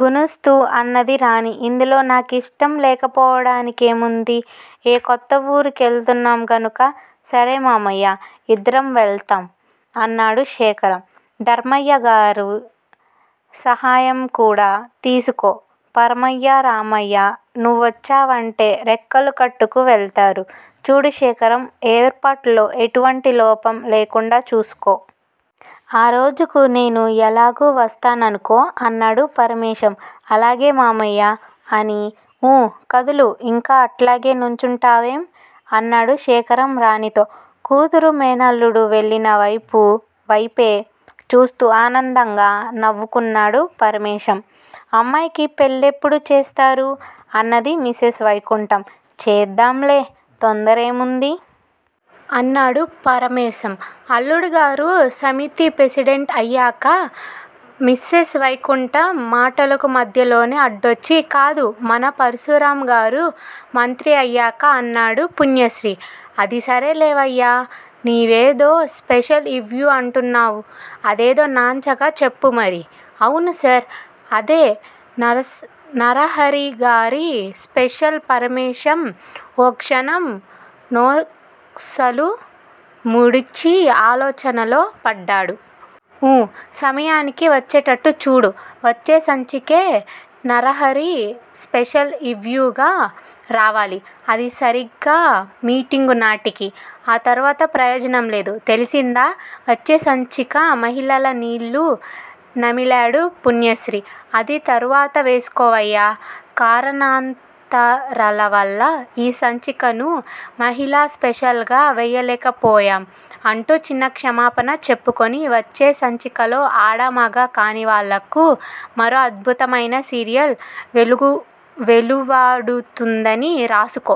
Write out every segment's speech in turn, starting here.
గుణుస్తూ అన్నది రాణి. ఇందులో నా కిష్టం లేకపోవడానికేముంది? ఏ కొత్త ఊరి కెళ్తున్నాం గనుక? సరే మామయ్యా! ఇద్దరం వెళ్తాం! అన్నాడు శేఖరం. ధర్మయ్యగారి సహాయంకూడా తీసుకో! పరమయ్యా, రామయ్యా నువ్వొచ్చావంటే రెక్కలు కట్టుకు వెల్తారు. చూడు శేఖరం! ఏర్పాట్లలో ఎటువంటి లోపం లేకుండా చూసుకో. ఆ రోజుకు నేను ఎలాగూ వస్తాననుకో! అన్నాడు పరమేశం. అలాగే మామయ్యా! అని ఊఁ కదులు! ఇంకా అట్లాగే నుంచుంటావేం? అన్నాడు శేఖరం రాణీతో. కూతురూ, మేనల్లుడూ వెళ్ళిన వైపే చూస్తూ ఆనందంగా నవ్వుకున్నాడు పరమేశం. అమ్మాయికి పెళ్ళెప్పుడు చేస్తారు? అన్నది మిసెస్ వైకుంఠం. చేద్దాంలే తొందరేముంది? అన్నాడు పరమేశం. అల్లుడుగారు సమితి ప్రెసిడెంటు అయ్యాక మిసెస్ వైకుంఠం మాటలకు మధ్యలోనే అడ్డొచ్చి కాదు, మన పరుశురాంగారు మంత్రి అయ్యాక అన్నాడు పుణ్యశ్రీ. అది సరేలేవయ్యా! నువ్వేదో స్పెషల్ ఇవ్యూ అంటున్నావ్? అదేదో నాన్చక చెప్పు మరీ! అవునుసార్! అదే నరహరిగారి స్పెషల్ పరమేశం ఓ క్షణం నొసలు ముడిచి ఆలోచనలో పడ్డాడు. ఊఁ సమయానికి వచ్చేటట్టు చూడు. వచ్చే సంచికే నరహరి స్పెషల్ ఇవ్యూగా రావాలి. అదీ సరిగ్గా మీటింగునాటికి. ఆ తర్వాత ప్రయోజనంలేదు. తెలిసిందా? వచ్చే సంచిక మహిళల నీళ్ళు నమిలాడు పుణ్యశ్రీ. అది తర్వాత వేసుకోవయ్యా! కారణాంతరాలవల్ల ఈ సంచికను మహిళా స్పెషల్ గా వెయ్యలేకపోయాం అంటూ చిన్న క్షమాపణ చెప్పుకొని, వచ్చే సంచికలో ఆడా, మగా కానివాళ్ళకు మరో అద్భుతమైన సీరియల్ వెలువడుతుందని రాసుకో.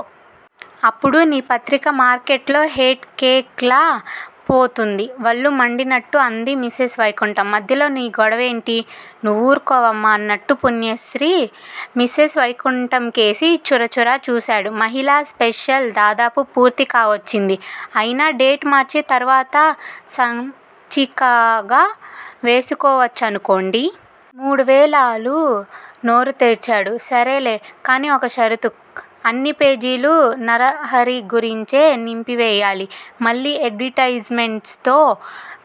అప్పుడు నీ పత్రిక మార్కెట్ లో హేట్ కేక్ లా పోతుంది వళ్ళు మండినట్టు అన్నది మిసెస్ వైకుంఠం. మధ్యలో నీ గొడవేమిటి! నువ్వూరుకోవమ్మా అన్నట్టు పుణ్యశ్రీ మిసెస్ వైకుంఠంకేసి చురచురా చూశాడు. మహిళా స్పెషల్ దాదాపు పూర్తి కావచ్చింది. అయినా డేట్ మార్చి తర్వాత సంచికగా వేసుకోవచ్చుఅనుకోండి! మూడువేలే? లూ నోరుతెరిచాడు. సరేలే! కాని ఒక్క షరతు. అన్ని పేజీలూ నరహరిగురించే నింపివెయ్యాలి. మళ్ళీ అడ్వర్టయిజ్ మెంట్సుతో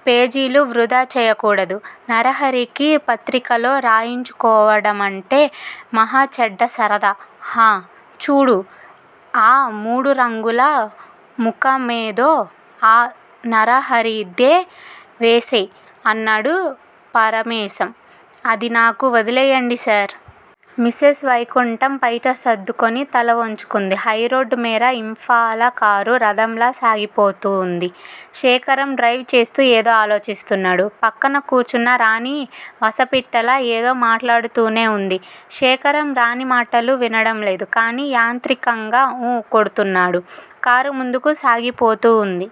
పేజీలు వృధాచెయ్యకూడదు. నరహరికి పత్రికలో రాయించుకోవడమంటే మహా చెడ్డ సరదా! ఆఁ! చూడూ! ఆ మూడురంగుల ముఖమేదో ఆ నరహరిదే వేసేయ్! అన్నాడు పరమేశం. అదినాకు వదిలేయండి సార్! మిసెస్ వైకుంఠం పైట సర్దుకుని తలవంచుకుంది. హైరోడ్డుమీర ఇంఫాలా కారు రధంలా సాగిపోతూవుంది. శేఖరం డ్రైవ్ చేస్తూ ఏదో ఆలోచిస్తున్నాడు. ప్రక్కన కూర్చున్న రాణి వసపిట్టలా ఏదో మాట్లాడుతూనే వుంది. శేఖరం రాణి మాటలు వినడంలేదు. కాని యాంత్రికంగా ఊఁ కొడుతున్నాడు. కారు ముందుకు సాగిపోతూవుంది.